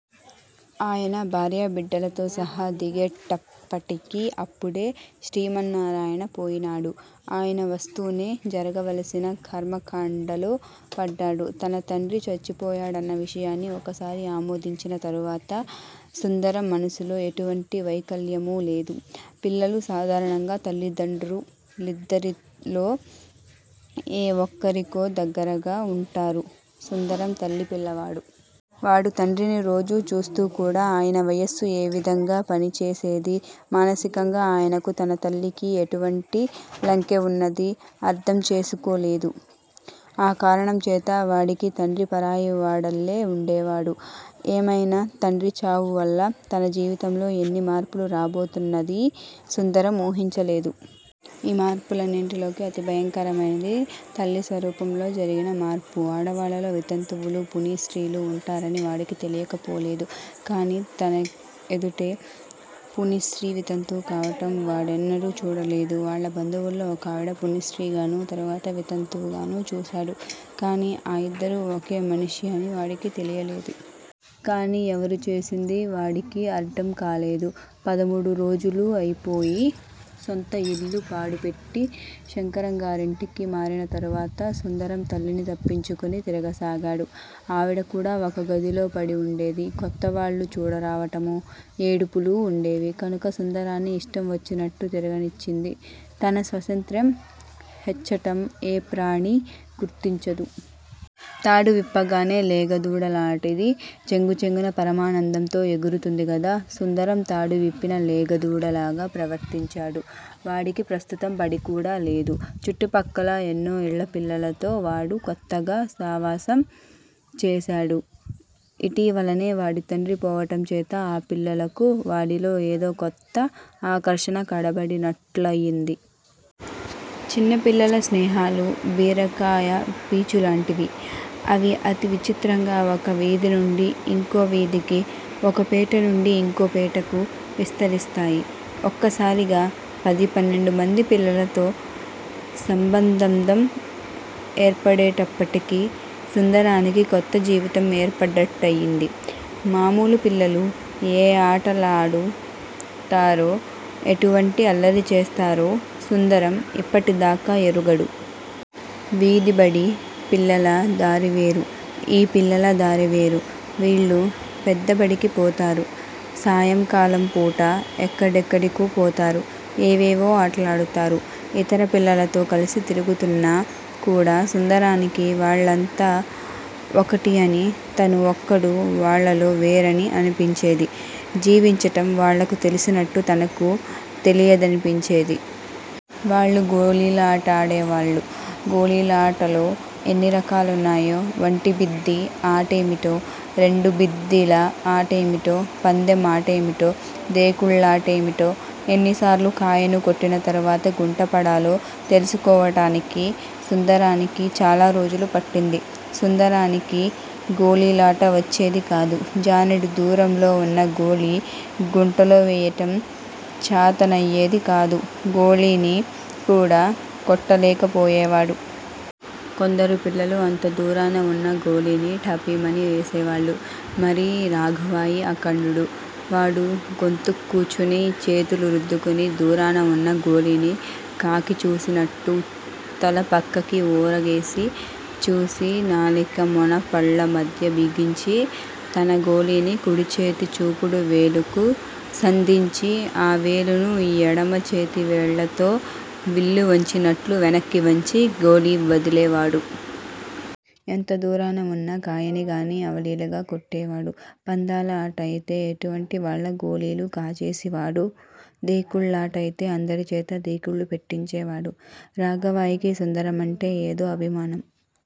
ఆయన భార్య బిడ్డలతోసహా దిగేట్టప్పటికి అప్పుడే శ్రీమన్నారాయణ పోయినాడు. ఆయన వస్తూనే జరగవలసిన కర్మకాండలో పడ్డాడు తన తండ్రి చచ్చిపోయాడన్న విషయాన్ని ఒకసారి ఆమోదించిన తరువాత సుందరం మనసులో ఎటువంటి వైకల్యమూ లేదు. పిల్లలు సాధారణంగా తల్లిదండ్రు లిద్దరిలో ఏ ఒక్కరికో దగ్గరిగా ఉంటారు. సుందరం తల్లి పిల్లవాడు. వాడు తండ్రిని రోజూ చూస్తూకూడా. ఆయన మనస్సు ఏ విధంగా పని చేసేదీ, మానసికంగా ఆయనకూ తన తల్లికీ ఎటువంటి లంకె ఉన్నదీ అర్డంచేసుకోలేదు. ఆ కారణంచేత వాడికి తండ్రి పరాయివాడల్లే ఉండేవాడు. ఏమైనా తండ్రి చావువల్ల తన జీవితంలో ఎన్ని మార్పులు రాబోతున్నదీ సుందరం ఊహించలేదు. ఈ మార్పు లన్నిటిలోకీ అతిభయంకరమైనది తల్లి స్వరూపంలో జరిగిన మార్పు. ఆడవాళ్ళలో వితంతువులూ, పునిస్రీలూ ఉంటారని వాడికి తెలియకపోలేదు. కాని తనఎదుటే పునిస్రీ వితంతువుకావటం వాడెన్నడూ చూడలేదు. వాళ్ళ బంధువుల్లో ఒకావిడను పునిస్రీగానూ, తరువాత వితంతువు గానూ, చూశాడు. కాని ఆ ఇద్దరూ ఒకే మనిషి అని వాడికి తెలియలేదు. కాని ఎవరు చేసిందీ వాడికి అర్డంకాలేదు. పదమూడురోజులూ అయిపోయి, సొంతఇల్లు పాడుపెట్టి శంకరంగారింటికి మారినతరువాత సుందరం తల్లిని తప్పించుకుని తిరగసాగాడు. ఆవిడకూడా ఒక గదిలో పడి వుండేది. కొత్తవాళ్ళు చూడరావటమూ. ఏడుపులూ ఉండేవి, కనుక సుందరాన్ని ఇష్టం వచ్చినట్టు తిరగనిచ్చింది. తన స్వాతంత్ర్యం హెచ్చటం ఏ ప్రాణి గుర్తించదు? తాడువిప్పగానే లేగదూడలాటిది చెంగుచెంగున పరమానందంతో ఎగురుతుందిగదా! సుందరం తాడు విప్పిన లేగదూడ లాగా ప్రవర్తించాడు. వాడికి ప్రస్తుతం బడికూడా లేదు. చుట్టుపక్కల ఎన్నోఇళ్ళ పిల్లలతో వాడు కొత్తగా సావాసం చేశాడు. ఇటీవలనే వాడి తండ్రి పోవటం చేత ఆ పిల్లలకు వాడిలో ఏదో కొత్త ఆకర్షణ కనబడినట్ట్లయింది. చిన్నపిల్లల స్నేహాలు బీరకాయ పీచులాంటివి. అవి అతి విచిత్రంగా ఒక వీధినుండి ఇంకో వీధికి. ఒక పేట నుండి ఇంకో పేటకూ విస్తరిస్తాయి. ఒక్కసారిగా పది పన్నెండు మంది పిల్లలతో సంబంధందం ఏర్పడేటప్పటికి సుందరానికి కొత్త జీవితం ఏర్పడ్డట్టయింది. మామూలు పిల్లలు ఏ ఆటలాడు తారో, ఎటువంటి అల్లరిచేస్తారో సుందరం ఇప్పటిదాకా ఎరగడు. వీధిబడి పిల్లల దారివేరు. ఈ పిల్లలదారి వేరు. వీళ్ళు పెద్దబడికి పోతారు. సాయంకాలంపూట ఎక్కడెక్కడికో పోతారు. ఏవేవో ఆటలాడతారు. ఇతర పిల్లలతో కలసి తిరుగుతున్నా కూడా సుందరానికి, వాళ్ళంతా ఒకటి అనీ, తను ఒక్కడూ వాళ్ళలో వేరనీ అనిపించేది. జీవించటం వాళ్ళకు తెలిసినట్టు తనకు తెలియదనిపించేది. వాళ్ళు గోళీలాడేవాళ్ళు. గోలీలాటలో ఎన్ని రకాలున్నాయో, ఒంటిబిద్దీ ఆటేమిటో, రెండుబిద్దీల ఆటఏమిటో, పందెం అంటేమిటో, దేకుళ్ళేమిటో, ఎన్నిసార్లు కాయను కొట్టినతరువాత గుంటపడాలో తెలుసుకోవడానికి సుందరానికి చాలా రోజులు పట్టింది. సుందరానికి గోలీలాట వచ్చేదికాదు. జానెడు దూరంలో ఉన్న గోలీ గుంటలో వెయ్యటం చాతనయ్యేదికాదు. గోలీని కూడా కొట్టలేకపోయేవాడు. కొందరు పిల్లలు అంత దూరాన ఉన్న గోలీని ఠపీమని వేసేవాళ్ళు. మరీ రాఘవాయి అఖండుడు. వాడు గొంతుక్కూచుని, చేతులు రుద్దుకుని, దూరాన ఉన్న గోలీని కాకిచూసినట్టు తల పక్కకి ఒరగేసి చూసి, నాలిక మొన పళ్ళ మధ్య బిగించి, తన గోలీని కుడిచేతి చూపుడు వేలుకు సందించి ఆ వేలును ఎడమ చేతివేళ్ళతో విల్లువంచినట్లు వెనక్కి వంచి, గోలీ వదిలేవాడు. ఎంత దూరాన ఉన్న కాయనిగానీ అవలీలగా కొట్టేవాడు. పందాల అటఅయితే ఎటువంటివాళ్ళ గోలీలూ కాజేసివాడు. దేకుళ్ళాటయితే అందరిచేతా దేకుళ్ళుపెట్టించేవాడు. రాఘవాయికి సుందరమంటే ఏదో అభిమానం.